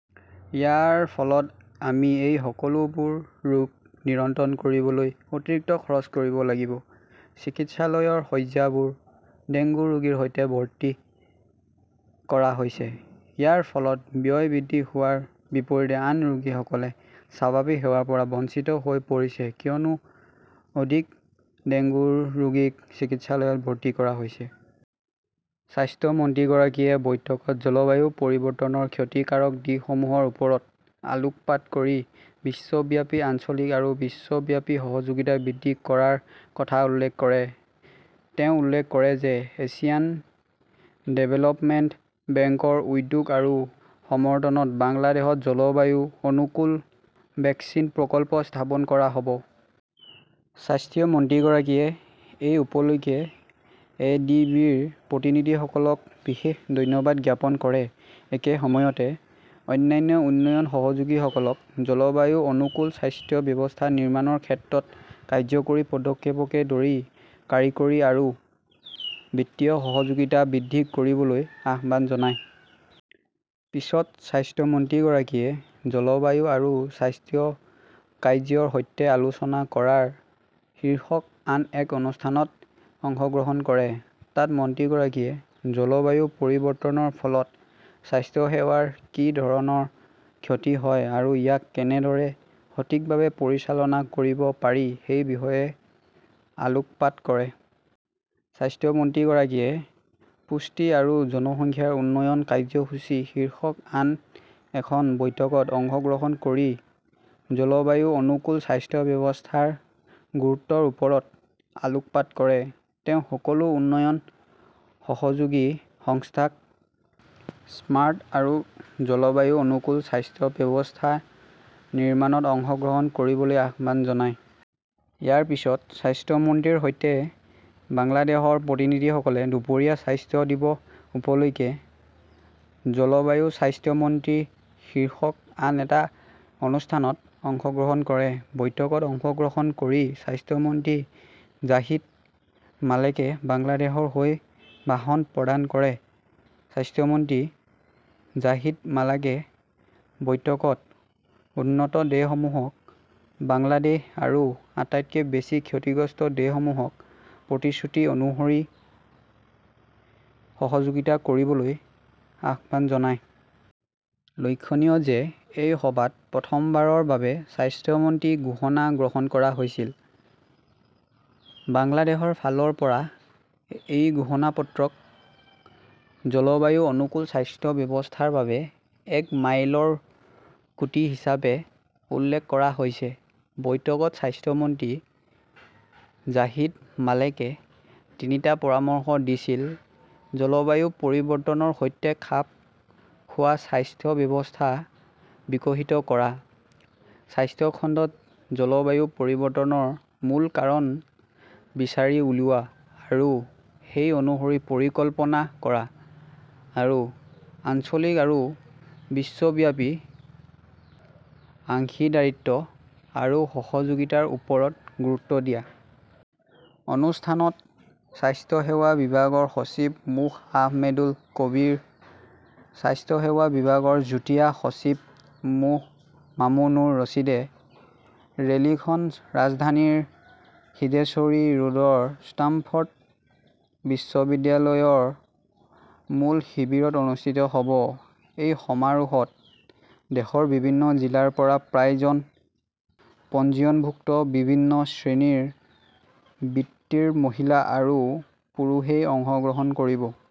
ইয়াৰ ফলত আমি এই সকলোবোৰ ৰোগ নিয়ন্ত্ৰণ কৰিবলৈ অতিৰিক্ত খৰচ কৰিব লাগিব। চিকিৎসালয়ৰ শয্যাবোৰ ডেংগু ৰোগীৰ সৈতে ভৰ্তি কৰা হৈছে। ইয়াৰ ফলত ব্যয় বৃদ্ধি হোৱাৰ বিপৰীতে আন ৰোগীসকলে স্বাভাৱিক সেৱাৰ পৰা বঞ্চিত হৈ পৰিছে কিয়নো অধিক ডেংগু ৰোগীক চিকিৎসালয়ত ভৰ্তি কৰা হৈছে। স্বাস্থ্য মন্ত্ৰীগৰাকীয়ে বৈঠকত জলবায়ু পৰিৱৰ্তনৰ ক্ষতিকাৰক দিশসমূহৰ ওপৰত আলোকপাত কৰি বিশ্বব্যাপী আঞ্চলিক আৰু বিশ্বব্যাপী সহযোগিতা বৃদ্ধি কৰাৰ কথা উল্লেখ কৰে। তেওঁ উল্লেখ কৰে যে এছিয়ান ডেভেলপমেণ্ট বেংকৰ উদ্যোগ আৰু সমৰ্থনত বাংলাদেশত জলবায়ু অনুকূল ভেকচিন প্ৰকল্প স্থাপন কৰা হ 'ব। স্বাস্থ্য মন্ত্ৰীগৰাকীয়ে এই উপলক্ষে এ. ডি. বি. -ৰ প্ৰতিনিধিসকলক বিশেষ ধন্যবাদ জ্ঞাপন কৰে। একে সময়তে, অন্যান্য উন্নয়ন সহযোগীসকলক জলবায়ু অনুকূল স্বাস্থ্য ব্যৱস্থা নিৰ্মাণৰ ক্ষেত্ৰত কাৰ্যকৰী পদক্ষেপকে ধৰি কাৰিকৰী আৰু বিত্তীয় সহযোগিতা বৃদ্ধি কৰিবলৈ আহ্বান জনায়। পিছত স্বাস্থ্য মন্ত্ৰীগৰাকীয়ে জলবায়ু আৰু স্বাস্থ্য কাৰ্য্যৰ সৈতে আলোচনা কৰাৰ শীৰ্ষক আন এক অনুষ্ঠানত অংশগ্ৰহণ কৰে। তাত মন্ত্ৰীগৰাকীয়ে জলবায়ু পৰিৱৰ্তনৰ ফলত স্বাস্থ্যসেৱাৰ কি ধৰণৰ ক্ষতি হয় আৰু ইয়াক কেনেদৰে সঠিকভাৱে পৰিচালনা কৰিব পাৰি সেই বিষয়ে আলোকপাত কৰে। স্বাস্থ্য মন্ত্ৰীগৰাকীয়ে পুষ্টি আৰু জনসংখ্যা উন্নয়ন কাৰ্যসূচী শীৰ্ষক আন এখন বৈঠকত অংশগ্ৰহণ কৰি জলবায়ু অনুকূল স্বাস্থ্য ব্যৱস্থাৰ গুৰুত্বৰ ওপৰত আলোকপাত কৰে। তেওঁ সকলো উন্নয়ন সহযোগী সংস্থাক স্মাৰ্ট আৰু জলবায়ু অনুকূল স্বাস্থ্য ব্যৱস্থা নিৰ্মাণত অংশগ্ৰহণ কৰিবলৈ আহ্বান জনায়। ইয়াৰ পিছত স্বাস্থ্য মন্ত্ৰীৰ সৈতে বাংলাদেশৰ প্ৰতিনিধিসকলে দুপৰীয়া স্বাস্থ্য দিৱস উপলক্ষে 'জলবায়ু স্বাস্থ্য মন্ত্ৰী শীৰ্ষক আন এটা অনুষ্ঠানত অংশগ্ৰহণ কৰে। বৈঠকত অংশগ্ৰহণ কৰি স্বাস্থ্য মন্ত্ৰী জাহিদ মালেকে বাংলাদেশৰ হৈ ভাষণ প্ৰদান কৰে। স্বাস্থ্য মন্ত্ৰী জাহিদ মালেকে বৈঠকত উন্নত দেশসমূহক বাংলাদেশ আৰু আটাইতকৈ বেছি ক্ষতিগ্ৰস্ত দেশসমূহক প্ৰতিশ্ৰুতি অনুসৰি সহযোগিতা কৰিবলৈ আহ্বান জনায়। লক্ষণীয় যে এই সভাত প্ৰথমবাৰৰ বাবে 'স্বাস্থ্য মন্ত্ৰী ঘোষণা গ্ৰহণ কৰা হৈছিল। বাংলাদেশৰ ফালৰ পৰা এই ঘোষণাপত্ৰক জলবায়ু অনুকূল স্বাস্থ্য ব্যৱস্থাৰ বাবে এক মাইলৰ খুঁটি হিচাপে উল্লেখ কৰা হৈছে। বৈঠকত স্বাস্থ্য মন্ত্ৰী জাহিদ মালেকে তিনিটা পৰামৰ্শ দিছিল জলবায়ু পৰিৱৰ্তনৰ সৈতে খাপ খোৱা স্বাস্থ্য ব্যৱস্থা বিকশিত কৰা; স্বাস্থ্য খণ্ডত জলবায়ু পৰিৱৰ্তনৰ মূল কাৰণ বিচাৰি উলিওৱা আৰু সেই অনুসৰি পৰিকল্পনা কৰা; আৰু আঞ্চলিক আৰু বিশ্বব্যাপী অংশীদাৰিত্ব আৰু সহযোগিতাৰ ওপৰত গুৰুত্ব দিয়া। অনুষ্ঠানত স্বাস্থ্য সেৱা বিভাগৰ সচিব মো. আহমেদুল কবীৰ, স্বাস্থ্য সেৱা বিভাগৰ যুটীয়া সচিব মো. মামুনুৰ ৰছিদে। ৰেলীখন ৰাজধানীৰ সিদ্ধেশ্বৰী ৰোডৰ ষ্টাম্পফৰ্ড বিশ্ববিদ্যালয়ৰ মূল শিবিৰত অনুষ্ঠিত হ'ব। এই সমাৰোহত দেশৰ বিভিন্ন জিলাৰ পৰা প্ৰায় জন পঞ্জীয়নভুক্ত বিভিন্ন শ্ৰেণীৰ-বৃত্তিৰ মহিলা আৰু পুৰুষই অংশগ্ৰহণ কৰিব।